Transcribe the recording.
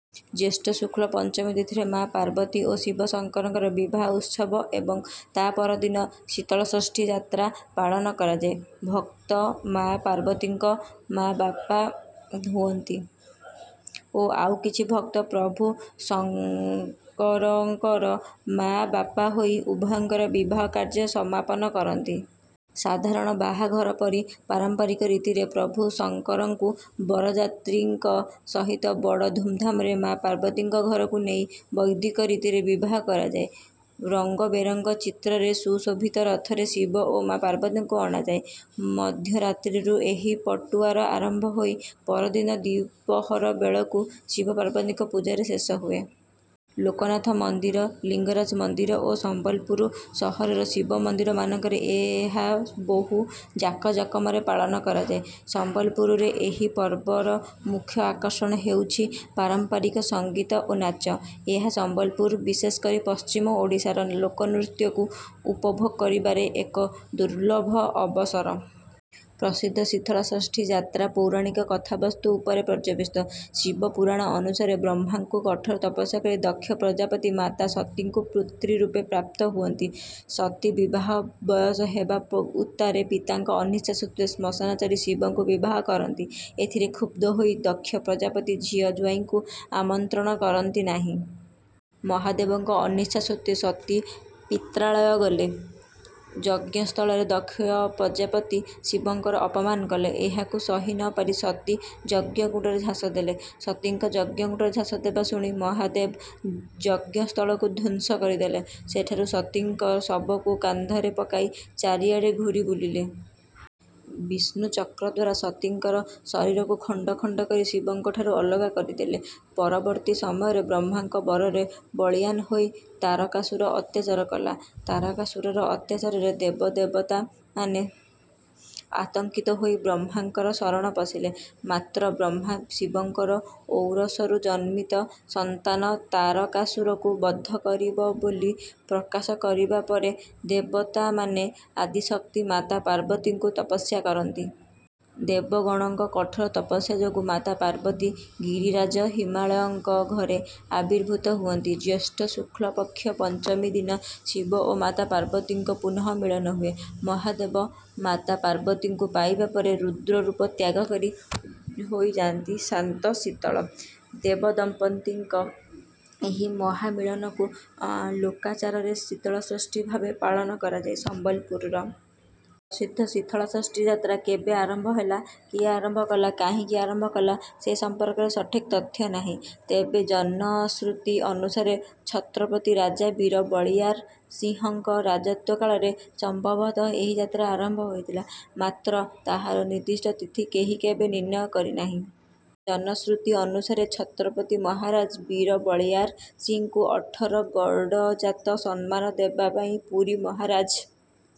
ଜ୍ୟୈଷ୍ଠ ଶୁକ୍ଳ ପଞ୍ଚମୀ ତିଥିରେ ମା’ ପାର୍ବତୀ ଓ ଶିବଶଙ୍କରଙ୍କର ବିବାହ ଉତ୍ସବ ଏବଂ ତା’ପରଦିନ ଶୀତଳଷଷ୍ଠୀ ଯାତ୍ରା ପାଳନ କରାଯାଏ। ଭକ୍ତ ମା’ ପାର୍ବତୀଙ୍କ ମା’ ବାପା ହୁଅନ୍ତି ଓ ଆଉ କିଛି ଭକ୍ତ ପ୍ରଭୁ ଶଙ୍କରଙ୍କର ମା’ ବାପା ହୋଇ ଉଭୟଙ୍କର ବିବାହ କାର୍ଯ୍ୟ ସମାପନ କରନ୍ତି। ସାଧାରଣ ବାହାଘର ପରି ପାରମ୍ପରିକ ରୀତିରେ ପ୍ରଭୁ ଶଙ୍କରଙ୍କୁ ବରଯାତ୍ରୀଙ୍କ ସହିତ ବଡ଼ ଧୂମ୍‌ଧାମ୍‌ରେ ମା’ ପାର୍ବତୀଙ୍କ ଘରକୁ ନେଇ ବୈଦିକ ରୀତିରେ ବିବାହ କରାଯାଏ। ରଙ୍ଗବେରଙ୍ଗ ଚିତ୍ରରେ ସୁଶୋଭିତ ରଥରେ ଶିବ ଓ ମା’ ପାର୍ବତୀଙ୍କୁ ଅଣାଯାଏ। ମଧ୍ୟରାତ୍ରିରୁ ଏହି ପଟୁଆର ଆରମ୍ଭ ହୋଇ ପରଦିନ ଦ୍ୱିପ୍ରହର ବେଳକୁ ଶିବପାର୍ବତୀଙ୍କ ପୂଜାରେ ଶେଷ ହୁଏ। ଲୋକନାଥ ମନ୍ଦିର, ଲିଙ୍ଗରାଜ ମନ୍ଦିର ଓ ସମ୍ବଲପୁର ସହରର ଶିବ ମନ୍ଦିରମାନଙ୍କରେ ଏହା ବହୁ ଜାକଜମକରେ ପାଳନ କରାଯାଏ। ସମ୍ବଲପୁରରେ ଏହି ପର୍ବର ମୁଖ୍ୟ ଆକର୍ଷଣ ହେଉଛି ପାରମ୍ପରିକ ସଙ୍ଗୀତ ଓ ନାଚ। ଏହା ସମ୍ବଲପୁର, ବିଶେଷକରି ପଶ୍ଚିମ ଓଡ଼ିଶାର ଲୋକନୃତ୍ୟକୁ ଉପଭୋଗ କରିବାରେ ଏକ ଦୁର୍ଲଭ ଅବସର। ପ୍ରସିଦ୍ଧ ଶୀତଳଷଷ୍ଠୀ ଯାତ୍ରା ପୌରାଣିକ କଥାବସ୍ତୁ ଉପରେ ପର୍ଯ୍ୟବସିତ। ଶିବପୁରାଣ ଅନୁସାରେ ବ୍ରହ୍ମାଙ୍କୁ କଠୋର ତପସ୍ୟା କରି ଦକ୍ଷପ୍ରଜାପତି ମାତା ସତୀଙ୍କୁ ପୁତ୍ରୀ ରୂପେ ପ୍ରାପ୍ତ ହୁଅନ୍ତି। ସତୀ ବିବାହ ବୟସ ହେବା ଉତ୍ତାରେ ପିତାଙ୍କ ଅନିଚ୍ଛା ସତ୍ତ୍ୱେ ଶ୍ମଶାନଚାରୀ ଶିବଙ୍କୁ ବିବାହ କରନ୍ତି। ଏଥିରେ କ୍ଷୁବ୍ଧ ହୋଇ ଦକ୍ଷପ୍ରଜାପତି ଝିଅ-ଜ୍ୱାଇଁଙ୍କୁ ଆମନ୍ତ୍ରଣ କରନ୍ତି ନାହିଁ। ମହାଦେବଙ୍କ ଅନିଚ୍ଛା ସତ୍ତ୍ୱେ ସତୀ ପିତ୍ରାଳୟ ଗଲେ। ଯଜ୍ଞସ୍ଥଳରେ ଦକ୍ଷପ୍ରଜାପତି ଶିବଙ୍କର ଅପମାନ କଲେ, ଏହାକୁ ସହି ନ ପାରି ସତୀ ଯଜ୍ଞକୁଣ୍ଡରେ ଝାସ ଦେଲେ। ସତୀଙ୍କ ଯଜ୍ଞକୁଣ୍ଡରେ ଝାସ ଦେବା ଶୁଣି ମହାଦେବ ଯଜ୍ଞସ୍ଥଳକୁ ଧ୍ୱଂସ କରିଦେଲେ। ସେଠାରୁ ସତୀଙ୍କ ଶବକୁ କାନ୍ଧରେ ପକାଇ ଚାରିଆଡ଼େ ଘୂରିବୁଲିଲେ। ବିଷ୍ଣୁ ଚକ୍ର ଦ୍ୱାରା ସତୀଙ୍କ ଶରୀରକୁ ଖଣ୍ଡ ଖଣ୍ଡ କରି ଶିବଙ୍କ ଠାରୁ ଅଲଗା କରିଦେଲେ। ପରବର୍ତ୍ତୀ ସମୟରେ ବ୍ରହ୍ମାଙ୍କ ବରରେ ବଳୀୟାନ ହୋଇ ତାରକାସୁର ଅତ୍ୟାଚାର କଲା। ତାରକାସୁରର ଅତ୍ୟାଚାରରେ ଦେବ ଦେବତାମାନେ ଆତଙ୍କିତ ହୋଇ ବ୍ରହ୍ମାଙ୍କ ଶରଣ ପଶିଲେ। ମାତ୍ର ବ୍ରହ୍ମା, ଶିବଙ୍କ ଔରସରୁ ଜନ୍ମିତ ସନ୍ତାନ ତାରକାସୁରକୁ ବଧ କରିବ ବୋଲି ପ୍ରକାଶ କରିବା ପରେ, ଦେବତାମାନେ ଆଦିଶକ୍ତି ମାତା ପାର୍ବତୀଙ୍କୁ ତପସ୍ୟା କରନ୍ତି। ଦେବଗଣଙ୍କ କଠୋର ତପସ୍ୟା ଯୋଗୁଁ ମାତା ପାର୍ବତୀ ଗିରିରାଜ ହିମାଳୟଙ୍କ ଘରେ ଆବିର୍ଭୂତ ହୁଅନ୍ତି। ଜ୍ୟେଷ୍ଠ ଶୁକ୍ଳପକ୍ଷ ପଞ୍ଚମୀ ଦିନ ଶିବ ଓ ମାତା ପାର୍ବତୀଙ୍କ ପୁନଃମିଳନ ହୁଏ। ମହାଦେବ ମାତା ପାର୍ବତୀଙ୍କୁ ପାଇବା ପରେ ରୁଦ୍ର ରୂପ ତ୍ୟାଗ କରି ହୋଇଯାନ୍ତି ଶାନ୍ତ, ଶୀତଳ। ଦେବଦମ୍ପତିଙ୍କ ଏହି ମହାମିଳନକୁ ଲୋକାଚାରରେ ଶୀତଳଷଷ୍ଠୀ ଭାବେ ପାଳନ କରାଯାଏ। ସମ୍ବଲପୁରର ପ୍ରସିଦ୍ଧ ଶୀତଳଷଷ୍ଠୀ ଯାତ୍ରା କେବେ ଆରମ୍ଭ ହେଲା, କିଏ ଆରମ୍ଭ କଲା, କାହିଁକି ଆରମ୍ଭ କଲା ସେ ସମ୍ପର୍କରେ ସଠିକ୍ ତଥ୍ୟ ନାହିଁ। ତେବେ ଜନଶ୍ରୁତି ଅନୁସାରେ ଛତ୍ରପତି ରାଜା ବୀର ବଳିୟାର ସିଂହଙ୍କ ରାଜତ୍ୱକାଳରେ ସମ୍ଭବତଃ ଏହି ଯାତ୍ରା ଆରମ୍ଭ ହୋଇଥିଲା। ମାତ୍ର ତାହାର ନିର୍ଦ୍ଦିଷ୍ଟ ତିଥି କେହି କେବେ ନିର୍ଣ୍ଣୟ କରିନାହିଁ। ଜନଶ୍ରୁତି ଅନୁସାରେ ଛତ୍ରପତି ମହାରାଜ ବୀର ବଳିୟାର ସିଂହଙ୍କୁ ଅଠର ଗଡ଼ଜାତ ସମ୍ମାନ ଦେବା ପାଇଁ ପୁରୀ ମହାରାଜ...